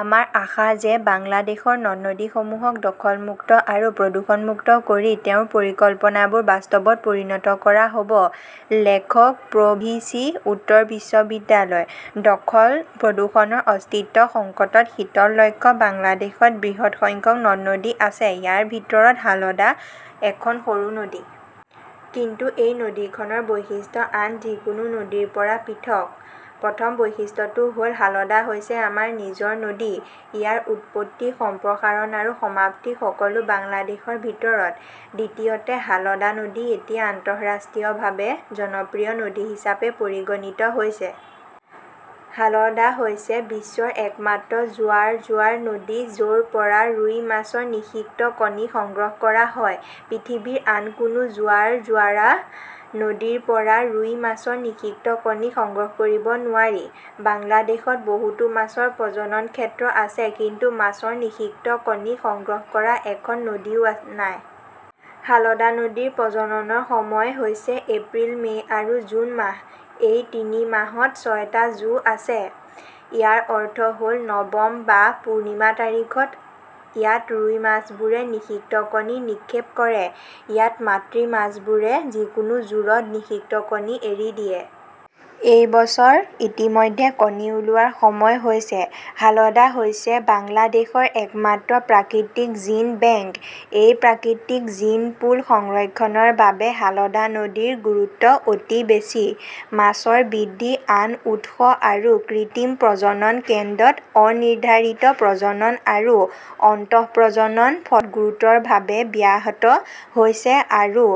আমাৰ আশা যে বাংলাদেশৰ নদ-নদীসমূহক দখল মুক্ত আৰু প্ৰদূষণমুক্ত কৰি তেওঁৰ পৰিকল্পনাবোৰ বাস্তৱত পৰিণত কৰা হ'ব - লেখক প্ৰ' ভিচি, উত্তৰ বিশ্ববিদ্যালয়। দখল-প্ৰদূষণৰ অস্তিত্ব সংকটত শীতল লক্ষ্য বাংলাদেশত বৃহৎ সংখ্যক নদ-নদী আছে। ইয়াৰ ভিতৰত হালদা এখন সৰু নদী। কিন্তু এই নদীখনৰ বৈশিষ্ট্য আন যিকোনো নদীৰ পৰা পৃথক। প্ৰথম বৈশিষ্ট্যটো হ'ল হালদা হৈছে আমাৰ নিজৰ নদী। ইয়াৰ উৎপত্তি, সম্প্ৰসাৰণ আৰু সমাপ্তি সকলো বাংলাদেশৰ ভিতৰত। দ্বিতীয়তে, হালদা নদী এতিয়া আন্তঃৰাষ্ট্ৰীয়ভাৱে জনপ্ৰিয় নদী হিচাপে পৰিগণিত হৈছে। হালদা হৈছে বিশ্বৰ একমাত্ৰ জোৱাৰ-জোৱাৰ নদী য'ৰ পৰা ৰুই মাছৰ নিষিক্ত কণী সংগ্ৰহ কৰা হয়। পৃথিৱীৰ আন কোনো জোৱাৰ-জোৱাৰা নদীৰ পৰা ৰুই মাছৰ নিষিক্ত কণী সংগ্ৰহ কৰিব নোৱাৰি। বাংলাদেশত বহুতো মাছৰ প্ৰজনন ক্ষেত্ৰ আছে, কিন্তু মাছৰ নিষিক্ত কণী সংগ্ৰহ কৰা এখন নদীও নাই। হালদা নদীৰ প্ৰজননৰ সময় হৈছে এপ্ৰিল, মে' আৰু জুন মাহ। এই তিনি মাহত ছয়টা "জো" আছে। ইয়াৰ অৰ্থ হ'ল, নৱম বা পূৰ্ণিমা তাৰিখত, ইয়াত ৰুই মাছবোৰে নিষিক্ত কণী নিক্ষেপ কৰে। ইয়াত মাতৃ মাছবোৰে যিকোনো জোৰত নিষিক্ত কণী এৰি দিয়ে। এই বছৰ ইতিমধ্যে কণী ওলোৱাৰ সময় হৈছে। হালদা হৈছে বাংলাদেশৰ একমাত্ৰ প্ৰাকৃতিক জিন বেংক। এই প্ৰাকৃতিক জিনপুল সংৰক্ষণৰ বাবে হালদা নদীৰ গুৰুত্ব অতি বেছি। মাছৰ বৃদ্ধি আন উৎস আৰু কৃত্ৰিম প্ৰজনন কেন্দ্ৰত অনিৰ্ধাৰিত প্ৰজনন আৰু অন্তঃপ্ৰজনন ফলত গুৰুতৰভাৱে ব্যাহত হৈছে আৰু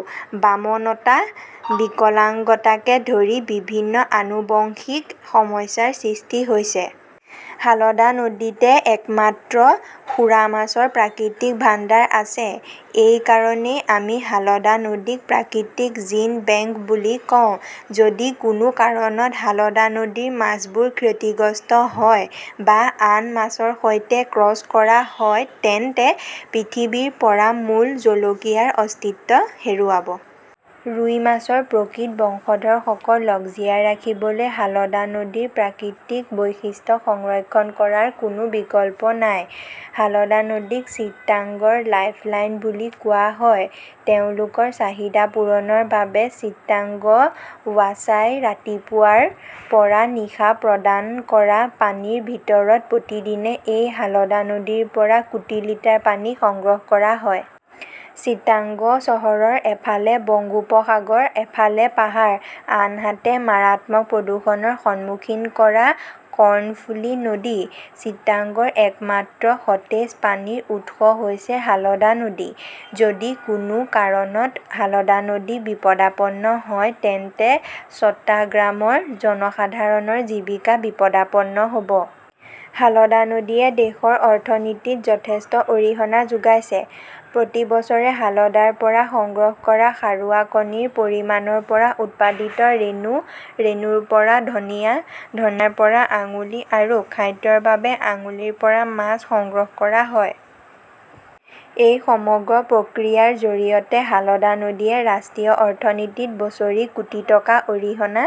বামনতা, বিকলাঙ্গতাকে ধৰি বিভিন্ন আনুবংশিক সমস্যাৰ সৃষ্টি হৈছে। হালদা নদীতে একমাত্ৰ সুৰা মাছৰ প্ৰাকৃতিক ভাণ্ডাৰ আছে। এই কাৰণেই আমি হালদা নদীক প্ৰাকৃতিক জিন বেংক বুলি কওঁ। যদি কোনো কাৰণত হালদা নদীৰ মাছবোৰ ক্ষতিগ্ৰস্ত হয় বা আন মাছৰ সৈতে ক্ৰছ কৰা হয়, তেন্তে পৃথিৱীৰ পৰা মূল জলকীয়াৰ অস্তিত্ব হেৰুৱাব। ৰুই মাছৰ প্ৰকৃত বংশধৰসকলক জীয়াই ৰাখিবলৈ হালদা নদীৰ প্ৰাকৃতিক বৈশিষ্ট্য সংৰক্ষণ কৰাৰ কোনো বিকল্প নাই। হালদা নদীক চিটাগংৰ "লাইফলাইন " বুলি কোৱা হয়। তেওঁলোকৰ চাহিদা পূৰণৰ বাবে চিটাগং ৱাছাই ৰাতিপুৱাৰ পৰা নিশা প্ৰদান কৰা পানীৰ ভিতৰত প্ৰতিদিনে এই হালদা নদীৰ পৰা কোটি লিটাৰ পানী সংগ্ৰহ কৰা হয়। চিটাগং চহৰৰ এফালে বংগোপসাগৰ, এফালে পাহাৰ, আনহাতে মাৰাত্মক প্ৰদূষণৰ সন্মুখীন কৰা কৰ্ণফুলী নদী। চিটাগংৰ একমাত্ৰ সতেজ পানীৰ উৎস হৈছে হালদা নদী। যদি কোনো কাৰণত হালদা নদী বিপদাপন্ন হয়, তেন্তে চট্টাগ্ৰামৰ জনসাধাৰণৰ জীৱিকা বিপদাপন্ন হ'ব। হালদা নদীয়ে দেশৰ অৰ্থনীতিত যথেষ্ট অৰিহণা যোগাইছে। প্ৰতি বছৰে হালদাৰ পৰা সংগ্ৰহ কৰা সাৰুৱা কণীৰ পৰিমাণৰ পৰা উৎপাদিত ৰেনু, ৰেনুৰ পৰা ধনিয়া, ধনিয়াৰ পৰা আঙুলি আৰু খাদ্যৰ বাবে আঙুলিৰ পৰা মাছ সংগ্ৰহ কৰা হয়। এই সমগ্ৰ প্ৰক্ৰিয়াৰ জৰিয়তে হালদা নদীয়ে ৰাষ্ট্ৰীয় অৰ্থনীতিত বছৰি কোটি টকা অৰিহণা